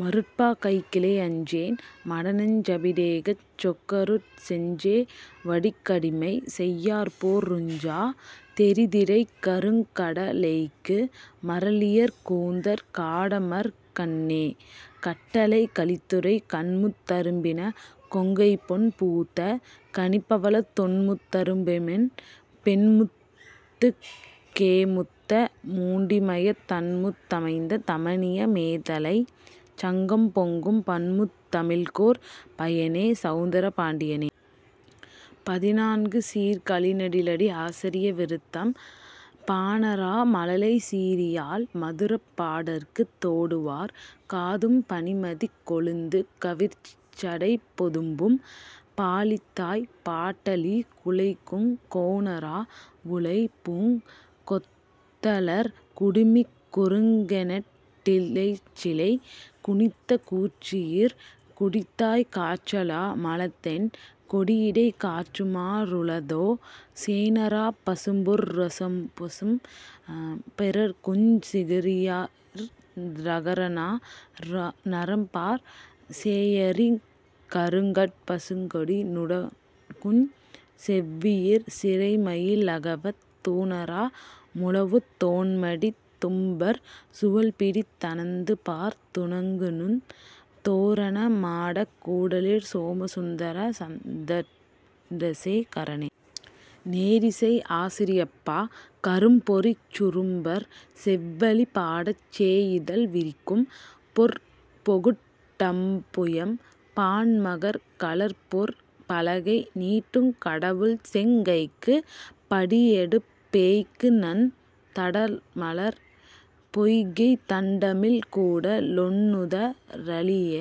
மருட்பா கைக்கிளை அஞ்சேன் மடநெஞ் சபிடேகச் சொக்கரருட் செஞ்சே வடிக்கடிமை செய்யார்போற் றுஞ்சா தெறிதிரைக் கருங்கட லேய்க்கு மறலியற் கூந்தற் காடமர்க் கண்ணே. கட்டளைக் கலித்துறை கண்முத் தரும்பின கொங்கைபொன் பூத்த கனிபவளத் தொண்முத் தரும்புமென் பெண்முத்துக் கேமுத்த முண்டிமயத் தண்முத் தமைந்த தமனிய மேதலைச் சங்கம்பொங்கும் பண்முத் தமிழ்க்கொர் பயனே சவுந்தர பாண்டியனே. பதினான்கு சீர்க் கழிநெடிலடி ஆசிரிய விருத்தம் பாணறா மழலைச் சீறியாழ் மதுரப் பாடற்குத் தோடுவார் காதும் பனிமதிக் கொழுந்துக் கவிர்சடைப் பொதும்பும் பாலித்தாய் பாட்டளி குழைக்குங் கோணறா வுளைப்பூங் கொத்தலர் குடுமிக் குறுங்கணெட் டிலைச்சிலை குனித்த கூற்றுயிர் குடித்தாய்க் காற்றலா மலதென் கொடியிடைக் காற்றுமா றுளதோ சேணறாப் பசும்பொற் றசும்பசும் பிறருக்குஞ் சிகரியிற் றகரநா றைம்பாற் சேயரிக் கருங்கட் பசுங்கொடி நுடங்குஞ் செவ்வியிற் சிறைமயி லகவத் தூணறா முழவுத் தோண்மடித் தும்பர் சுவல்பிடித் தணந்துபார்த் துணங்குந் தோரண மாடக் கூடலிற் சோம சுந்தரா சந்தரசே கரனே. நேரிசை ஆசிரியப்பா கரும்பொறிச் சுரும்பர் செவ்வழி பாடச் சேயிதழ் விரிக்கும் பொற்பொகுட் டம்புயம் பாண்மகற் கலர்பொற் பலகை நீட்டுங் கடவுள்செங் கைக்குப் படியெடுப் பேய்க்குந் தடமலர்ப் பொய்கைத் தண்டமிழ்க் கூட லொண்ணுத றழீய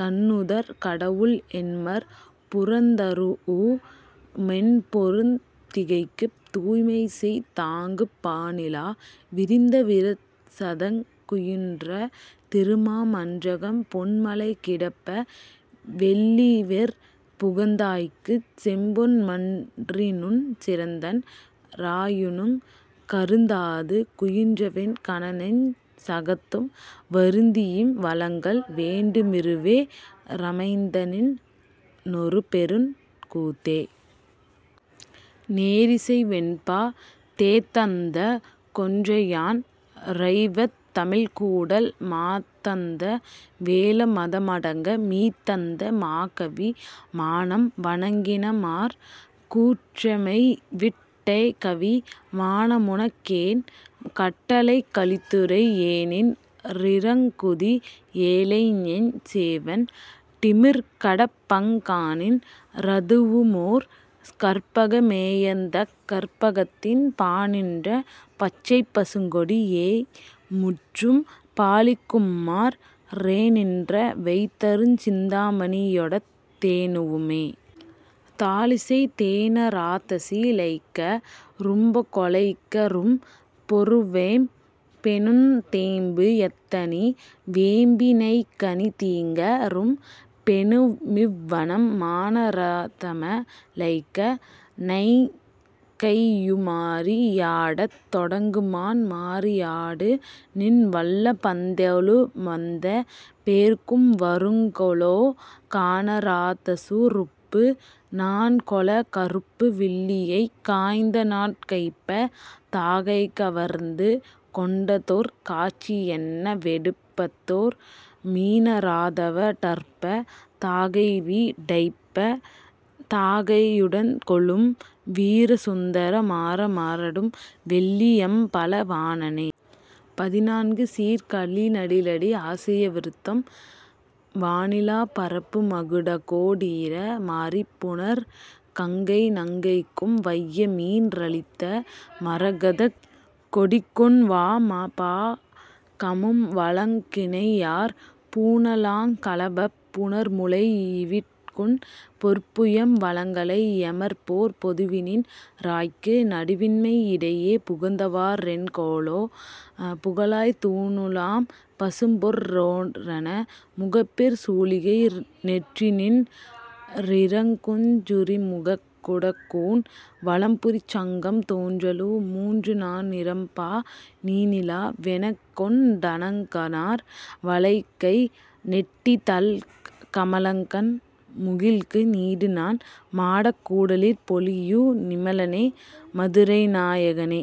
கண்ணுதற் கடவுள் எண்மர் புறந்தரூஉ மெண்பெருந் திகைக்குத் தூய்மைசெய் தாங்குப் பானிலா விரிந்த விரசதங் குயுன்ற திருமா மன்றகம் பொன்மலை கிடப்ப வெள்ளிவெற் புகந்தாய்க்குச் செம்பொன் மன்றினுஞ் சிறந்தன் றாயுனுங் கருந்தாது குயின்றவென் கனனெஞ் சகத்தும் வருந்தியிம் வழங்கல் வேண்டு மிருவே றமைந்தநின் னொருபெருங் கூத்தே. நேரிசை வெண்பா தேத்தந்த கொன்றையான் றெய்வத் தமிழ்க்கூடல் மாத்தந்த வேழ மதமடங்க-மீத்தந்த மாகவி மானம் வணங்கினமாற் கூற்றெமைவிட் டேகவி மானமுனக் கேன். கட்டளைக் கலித்துறை ஏனின் றிரங்குதி யேழைநெஞ் சேவண் டிமிர்கடப்பங் கானின் றதுவுமொர் கற்பக மேயந்தக் கற்பகத்தின் பானின்ற பச்சைப்பசுங்கொடி யேமுற்றும் பாலிக்குமாற் றேனின்ற வைந்தருச் சிந்தா மணியொடத் தேனுவுமே. தாழிசை தேன றாதசி லைக்க ரும்புகொ லைக்க ரும்பொரு வேம்பெனுந் தேம்பு யத்தணி வேம்பி னைக்கனி தீங்க ரும்பெனு மிவ்வணம் மான றாதம ழைக்க ணங்கையு மாறி யாடத் தொடங்குமான் மாறி யாடுநின் வல்ல பந்தொழ வந்த பேர்க்கும்வ ருங்கொலோ கான றாதசு ருப்பு நாண்கொள கருப்பு வில்லியைக் காய்ந்தநாட் கைப்ப தாகைக வர்ந்து கொண்டதொர் காட்சி யென்னவெ டுப்பதோர் மீன றாதவ டற்ப தாகைவி டைப்ப தாகை யுடன்கொளும் வீரசுந்தர மாற மாறடும் வெள்ளி யம்பல வாணனே. பதினான்கு சீர்க் கழிநெடிலடி ஆசிரிய விருத்தம் வாணிலாப் பரப்பு மகுடகோ டீர மறிபுனற் கங்கைநங் கைக்கும் வையமீன் றளித்த மரகதக் கொடிக்குன் வாமபா கமும்வழங் கினையாற் பூணுலாங் களபப் புணர்முலை யிவட்குன் பொற்புயம் வழங்கலை யெமர்போற் பொதுவினின் றாய்க்கு நடுவின்மை யிடையே புகுந்தவா றென்கொலோ புகலாய் தூணுலாம் பசும்பொற் றோரண முகப்பிற் சூளிகை நெற்றிநின் றிறங்குஞ் சுரிமுகக் குடக்கூன் வலம்புரிச் சங்கம் தோன்றலு மூன்றுநா ணிரம்பா நீணிலா வெனக்கொண் டணங்கனார் வளைக்கை நெட்டிதழ்க் கமலங்கண் முகிழ்க்கு நீடுநான் மாடக் கூடலிற் பொலியு நிமலனே மதுரைநா யகனே.